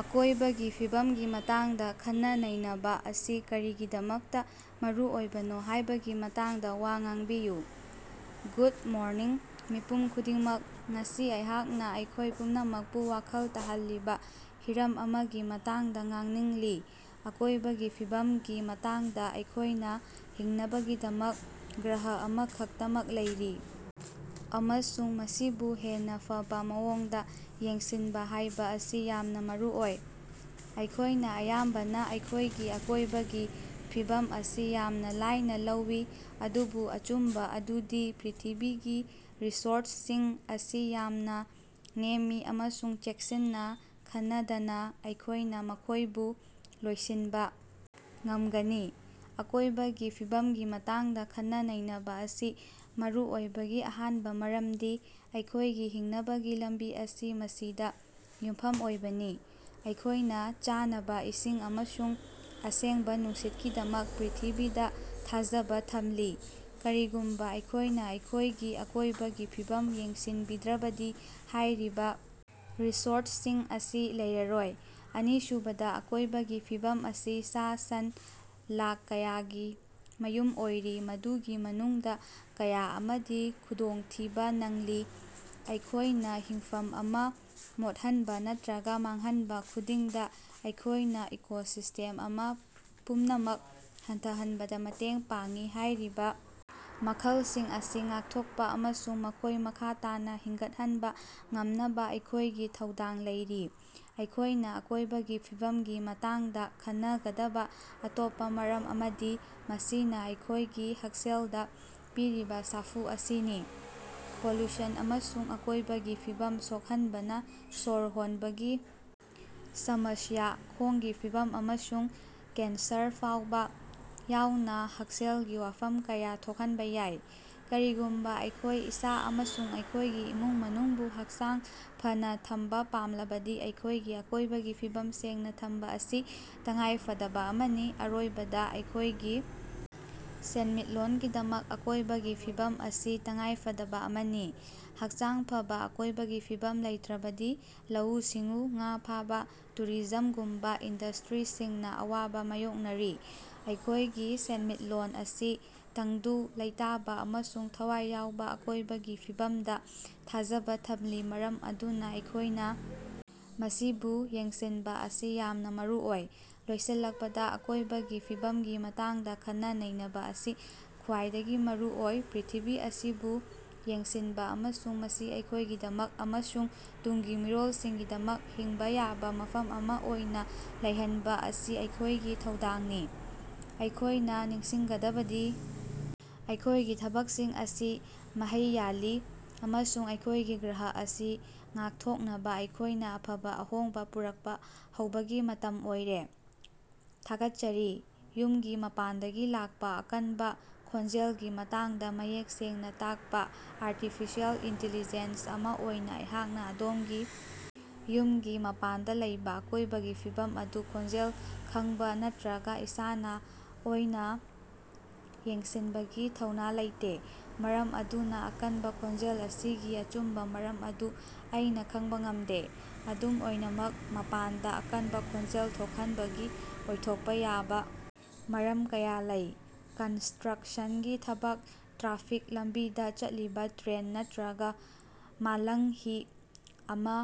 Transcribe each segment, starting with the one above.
ꯑꯀꯣꯢꯕꯒꯤ ꯐꯤꯕꯝꯒꯤ ꯃꯇꯥꯡꯗ ꯈꯟꯅ-ꯅꯩꯅꯕ ꯑꯁꯤ ꯀꯔꯤꯒꯤꯗꯃꯛꯇ ꯃꯔꯨꯑꯣꯏꯕꯅꯣ ꯍꯥꯢꯕꯒꯤ ꯃꯇꯥꯡꯗ ꯋꯥ ꯉꯥꯡꯕꯤꯌꯨ꯫ ꯒꯨꯗ ꯃꯣꯔꯅꯤꯡ ꯃꯤꯄꯨꯝ ꯈꯨꯗꯤꯡꯃꯛ꯫ ꯉꯁꯤ ꯑꯩꯍꯥꯛꯅꯥ ꯑꯩꯈꯣꯢ ꯄꯨꯝꯅꯃꯛꯄꯨ ꯋꯥꯈꯜ ꯇꯥꯍꯜꯂꯤꯕ ꯍꯤꯔꯝ ꯑꯃꯒꯤ ꯃꯇꯥꯡꯗ ꯉꯥꯡꯅꯤꯡꯂꯤ ꯑꯀꯣꯢꯕꯒꯤ ꯐꯤꯕꯝꯒꯤ ꯃꯇꯥꯡꯗ꯫ ꯑꯩꯈꯣꯢꯅ ꯍꯤꯡꯅꯕꯒꯤꯗꯃꯛ ꯒ꯭ꯔꯍ ꯑꯃꯈꯛꯇꯃꯛ ꯂꯩꯔꯤ ꯑꯃꯁꯨꯡ ꯃꯁꯤꯕꯨ ꯍꯦꯟꯅ ꯐꯕ ꯃꯑꯣꯡꯗ ꯌꯦꯡꯁꯤꯟꯕ ꯍꯥꯏꯕ ꯑꯁꯤ ꯌꯥꯝꯅ ꯃꯔꯨꯑꯣꯏ꯫ ꯑꯩꯈꯣꯢꯅ ꯑꯌꯥꯝꯕꯅ ꯑꯩꯈꯣꯢꯒꯤ ꯑꯀꯣꯢꯕꯒꯤ ꯐꯤꯕꯝ ꯑꯁꯤ ꯌꯥꯝꯅ ꯂꯥꯏꯅ ꯂꯧꯏ ꯑꯗꯨꯕꯨ ꯑꯆꯨꯝꯕ ꯑꯗꯨꯗꯤ ꯄ꯭ꯔꯤꯊꯤꯕꯤꯒꯤ ꯔꯤꯁꯣꯔꯁꯁꯤꯡ ꯑꯁꯤ ꯌꯥꯝꯅ ꯅꯦꯝꯃꯤ ꯑꯃꯁꯨꯡ ꯆꯦꯛꯁꯤꯟꯅ ꯈꯟꯅꯗꯅ ꯑꯩꯈꯣꯢꯅ ꯃꯈꯣꯢꯕꯨ ꯂꯣꯏꯁꯤꯟꯕ ꯉꯝꯒꯅꯤ꯫ ꯑꯀꯣꯢꯕꯒꯤ ꯐꯤꯕꯝꯒꯤ ꯃꯇꯥꯡꯗ ꯈꯟꯅ-ꯅꯩꯅꯕ ꯑꯁꯤ ꯃꯔꯨ ꯑꯣꯏꯕꯒꯤ ꯑꯍꯥꯟꯕ ꯃꯔꯝꯗꯤ ꯑꯩꯈꯣꯢꯒꯤ ꯍꯤꯡꯅꯕꯒꯤ ꯂꯝꯕꯤ ꯑꯁꯤ ꯃꯁꯤꯗ ꯌꯨꯝꯐꯝ ꯑꯣꯏꯕꯅꯤ꯫ ꯑꯩꯈꯣꯢꯅ ꯆꯥꯅꯕ, ꯏꯁꯤꯡ ꯑꯃꯁꯨꯡ ꯑꯁꯦꯡꯕ ꯅꯨꯡꯁꯤꯠꯀꯤꯗꯃꯛ ꯄ꯭ꯔꯤꯊꯤꯕꯤꯗ ꯊꯥꯖꯕ ꯊꯝꯂꯤ꯫ ꯀꯔꯤꯒꯨꯝꯕ ꯑꯩꯈꯣꯢꯅ ꯑꯩꯈꯣꯢꯒꯤ ꯑꯀꯣꯢꯕꯒꯤ ꯐꯤꯕꯝ ꯌꯦꯡꯁꯤꯟꯕꯤꯗ꯭ꯔꯕꯗꯤ ꯍꯥꯢꯔꯤꯕ ꯔꯤꯁꯣꯔꯁꯁꯤꯡ ꯑꯁꯤ ꯂꯩꯔꯔꯣꯏ꯫ ꯑꯅꯤꯁꯨꯕꯗ ꯑꯀꯣꯢꯕꯒꯤ ꯐꯤꯕꯝ ꯑꯁꯤ ꯁꯥ-ꯁꯟ ꯂꯥꯈ ꯀꯌꯥꯒꯤ ꯃꯌꯨꯝ ꯑꯣꯏꯔꯤ ꯃꯗꯨꯒꯤ ꯃꯅꯨꯡꯗ ꯀꯌꯥ ꯑꯃꯗꯤ ꯈꯨꯗꯣꯡꯊꯤꯕꯥ ꯅꯪꯂꯤ꯫ ꯑꯩꯈꯣꯢꯅ ꯍꯤꯡꯐꯝ ꯑꯃ ꯃꯣꯠꯍꯟꯕ ꯅꯠꯇ꯭ꯔꯒ ꯃꯥꯡꯍꯟꯕ ꯈꯨꯗꯤꯡꯗ ꯑꯩꯈꯣꯢꯅ ꯏꯀꯣꯁꯤꯁꯇꯦꯝ ꯑꯃ ꯄꯨꯝꯅꯃꯛ ꯍꯟꯊꯍꯟꯕꯗ ꯃꯇꯦꯡ ꯄꯥꯡꯏ꯫ ꯍꯥꯢꯔꯤꯕ ꯃꯈꯜꯁꯤꯡ ꯑꯁꯤ ꯉꯥꯛꯊꯣꯛꯄ ꯑꯃꯁꯨꯡ ꯃꯈꯣꯢ ꯃꯈꯥ ꯇꯥꯅ ꯍꯤꯡꯒꯠꯍꯟꯕ ꯉꯝꯅꯕ ꯑꯩꯈꯣꯢꯒꯤ ꯊꯧꯗꯥꯡ ꯂꯩꯔꯤ꯫ ꯑꯩꯈꯣꯢꯅ ꯑꯀꯣꯢꯕꯒꯤ ꯐꯤꯕꯝꯒꯤ ꯃꯇꯥꯡꯗ ꯈꯟꯅꯒꯗꯕ ꯑꯇꯣꯞꯄ ꯃꯔꯝ ꯑꯃꯗꯤ ꯃꯁꯤꯅ ꯑꯩꯈꯣꯢꯒꯤ ꯍꯛꯁꯦꯜꯗ ꯄꯤꯔꯤꯕ ꯁꯥꯐꯨ ꯑꯁꯤꯅꯤ꯫ ꯄꯣꯂꯨꯁꯟ ꯑꯃꯁꯨꯡ ꯑꯀꯣꯢꯕꯒꯤ ꯐꯤꯕꯝ ꯁꯣꯛꯍꯟꯕꯅ ꯁꯣꯔ ꯍꯣꯟꯕꯒꯤ ꯁꯃꯁ꯭ꯌꯥ, ꯈꯣꯡꯒꯤ ꯐꯤꯚꯝ ꯑꯃꯁꯨꯡ ꯀꯦꯟꯁꯔ ꯐꯥꯎꯕꯥ ꯌꯥꯎꯅ ꯍꯛꯁꯦꯜꯒꯤ ꯋꯥꯐꯝ ꯀꯌꯥ ꯊꯣꯛꯍꯟꯕ ꯌꯥꯏ꯫ ꯀꯔꯤꯒꯨꯝꯕ ꯑꯩꯈꯣꯢ ꯏꯁꯥ ꯑꯃꯁꯨꯡ ꯑꯩꯈꯣꯢꯒꯤ ꯏꯃꯨꯡ ꯃꯅꯨꯡꯕꯨ ꯍꯛꯆꯥꯡ ꯐꯅꯥ ꯊꯝꯕ ꯄꯥꯝꯂꯕꯗꯤ ꯑꯩꯈꯣꯢꯒꯤ ꯑꯀꯣꯢꯕꯒꯤ ꯐꯤꯕꯝ ꯁꯦꯡꯅ ꯊꯝꯕ ꯑꯁꯤ ꯇꯉꯥꯏꯐꯗꯕ ꯑꯃꯅꯤ꯫ ꯑꯔꯣꯏꯕꯗꯥ ꯑꯩꯈꯣꯢꯒꯤ ꯁꯦꯟꯃꯤꯠꯂꯣꯟꯒꯤꯗꯃꯛ ꯑꯀꯣꯢꯕꯒꯤ ꯐꯤꯕꯝ ꯑꯁꯤ ꯇꯉꯥꯏꯐꯗꯕ ꯑꯃꯅꯤ꯫ ꯍꯛꯆꯥꯡ ꯐꯕ ꯑꯀꯣꯢꯕꯒꯤ ꯐꯤꯕꯝ ꯂꯩꯇ꯭ꯔꯕꯗꯤ ꯂꯧꯎ-ꯁꯤꯡꯎ, ꯉꯥ ꯐꯥꯕꯥ, ꯇꯨꯔꯤꯖꯝꯒꯨꯝꯕ ꯏꯟꯗꯁꯇ꯭ꯔꯤꯁꯤꯡꯅ ꯑꯋꯥꯕꯥ ꯃꯥꯌꯣꯛꯅꯔꯤ꯫ ꯑꯩꯈꯣꯢꯒꯤ ꯁꯦꯟꯃꯤꯠꯂꯣꯟ ꯑꯁꯤ ꯇꯪꯗꯨ ꯂꯩꯇꯥꯕ ꯑꯃꯁꯨꯡ ꯊꯋꯥꯏ ꯌꯥꯎꯕ ꯑꯀꯣꯢꯕꯒꯤ ꯐꯤꯕꯝꯗ ꯊꯥꯖꯕ ꯊꯝꯂꯤ ꯃꯔꯝ ꯑꯗꯨꯅ ꯑꯩꯈꯣꯢꯅ ꯃꯁꯤꯕꯨ ꯌꯦꯡꯁꯤꯟꯕꯥ ꯑꯁꯤ ꯌꯥꯝꯅ ꯃꯔꯨꯑꯣꯏ꯫ ꯂꯣꯏꯁꯤꯜꯂꯛꯄꯗ ꯑꯀꯣꯢꯕꯒꯤ ꯐꯤꯕꯝꯒꯤ ꯃꯇꯥꯡꯗ ꯈꯟꯅ-ꯅꯩꯅꯕ ꯑꯁꯤ ꯈ꯭ꯋꯥꯏꯗꯒꯤ ꯃꯔꯨꯑꯣꯏ꯫ ꯄ꯭ꯔꯤꯊꯤꯕꯤ ꯑꯁꯤꯕꯨ ꯌꯦꯡꯁꯤꯟꯕ ꯑꯃꯁꯨꯡ ꯃꯁꯤ ꯑꯩꯈꯣꯢꯒꯤꯗꯃꯛ ꯑꯃꯁꯨꯡ ꯇꯨꯡꯒꯤ ꯃꯤꯔꯣꯜꯁꯤꯡꯒꯤꯗꯃꯛ ꯍꯤꯡꯕ ꯌꯥꯕ ꯃꯐꯝ ꯑꯃ ꯑꯣꯏꯅ ꯂꯩꯍꯟꯕ ꯑꯁꯤ ꯑꯩꯈꯣꯢꯒꯤ ꯊꯧꯗꯥꯡꯅꯤ꯫ ꯑꯩꯈꯣꯌꯅꯥ ꯅꯤꯡꯁꯤꯡꯒꯗꯕꯗꯤ ꯑꯩꯈꯣꯢꯒꯤ ꯊꯕꯛꯁꯤꯡ ꯑꯁꯤꯅ ꯃꯍꯩ ꯌꯥꯜꯂꯤ ꯑꯃꯁꯨꯡ ꯑꯩꯈꯣꯢꯒꯤ ꯒ꯭ꯔꯍ ꯑꯁꯤ ꯉꯥꯛꯊꯣꯛꯅꯕ ꯑꯩꯈꯣꯢꯅ ꯑꯐꯕ ꯑꯍꯣꯡꯕ ꯄꯨꯔꯛꯄ ꯍꯧꯕꯒꯤ ꯃꯇꯝ ꯑꯣꯏꯔꯦ꯫ ꯊꯥꯒꯠꯆꯔꯤ꯫ ꯌꯨꯝꯒꯤ ꯃꯄꯥꯟꯗꯒꯤ ꯂꯥꯛꯄ ꯑꯀꯟꯕ ꯈꯣꯟꯖꯦꯜꯒꯤ ꯃꯇꯥꯡꯗ ꯃꯌꯦꯛ ꯁꯦꯡꯅꯥ ꯇꯥꯛꯄꯥ꯫ ꯑꯥꯔꯇꯤꯐꯤꯁꯤꯑꯦꯜ ꯏꯟꯇꯤꯂꯤꯖꯦꯟ ꯑꯃ ꯑꯣꯏꯅ ꯑꯩꯍꯥꯛꯅ ꯑꯗꯣꯝꯒꯤ ꯌꯨꯝꯒꯤ ꯃꯄꯥꯟꯗ ꯂꯩꯕꯥ ꯑꯀꯣꯢꯕꯒꯤ ꯐꯤꯕꯝ ꯑꯗꯨ ꯈꯣꯟꯖꯦꯜ ꯈꯡꯕ ꯅꯠꯇ꯭ꯔꯒ ꯏꯁꯥꯅ ꯑꯣꯏꯅ ꯌꯦꯡꯁꯤꯟꯕꯒꯤ ꯊꯧꯅꯥ ꯂꯩꯇꯦ꯫ ꯃꯔꯝ ꯑꯗꯨꯅ ꯑꯀꯟꯕ ꯈꯣꯟꯖꯦꯜ ꯑꯁꯤꯒꯤ ꯑꯆꯨꯝꯕ ꯃꯔꯝ ꯑꯗꯨ ꯑꯩꯅ ꯈꯪꯕꯥ ꯉꯝꯗꯦ꯫ ꯑꯗꯨꯝ ꯑꯣꯏꯅꯃꯛ ꯃꯄꯥꯟꯗ ꯑꯀꯟꯕ ꯈꯣꯟꯖꯦꯜ ꯊꯣꯛꯍꯟꯕꯒꯤ ꯑꯣꯏꯊꯣꯛꯄ ꯌꯥꯕ ꯃꯔꯝ ꯀꯌꯥ ꯂꯩ: ꯀꯟꯁꯇ꯭ꯔꯛꯁꯟꯒꯤ ꯊꯕꯛ, ꯇ꯭ꯔꯥꯐꯤꯛ, ꯂꯝꯕꯤꯗ ꯆꯠꯂꯤꯕ ꯇ꯭ꯔꯦꯟ ꯅꯠꯇ꯭ꯔꯒ ꯃꯥꯂꯪꯍꯤ ꯑꯃ,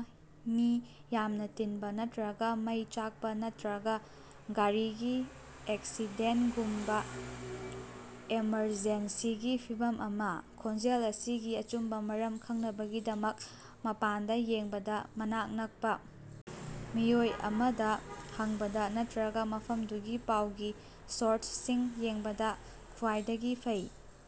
ꯃꯤ ꯌꯥꯝꯅ ꯇꯤꯟꯕ ꯅꯠꯇ꯭ꯔꯒ ꯃꯩ ꯆꯥꯛꯄ ꯅꯠꯇ꯭ꯔꯒ ꯒꯥꯔꯤꯒꯤ ꯑꯦꯛꯁꯤꯗꯦꯟꯇꯒꯨꯝꯕ ꯑꯦꯃꯔꯖꯦꯟꯁꯤꯒꯤ ꯐꯤꯚꯝ ꯑꯃ꯫ ꯈꯣꯟꯖꯦꯜ ꯑꯁꯤꯒꯤ ꯑꯆꯨꯝꯕ ꯃꯔꯝ ꯈꯡꯅꯕꯒꯤꯗꯃꯛ ꯃꯄꯥꯟꯗ ꯌꯦꯡꯕꯗ ꯃꯅꯥꯛ ꯅꯛꯄ ꯃꯤꯑꯣꯏ ꯑꯃꯗ ꯍꯪꯕꯗ ꯅꯠꯇ꯭ꯔꯒ ꯃꯐꯝꯗꯨꯒꯤ ꯄꯥꯎꯒꯤ ꯁꯣꯔꯁꯁꯤꯡ ꯌꯦꯡꯕꯗ ꯈ꯭ꯋꯥꯏꯗꯒꯤ ꯐꯩ꯫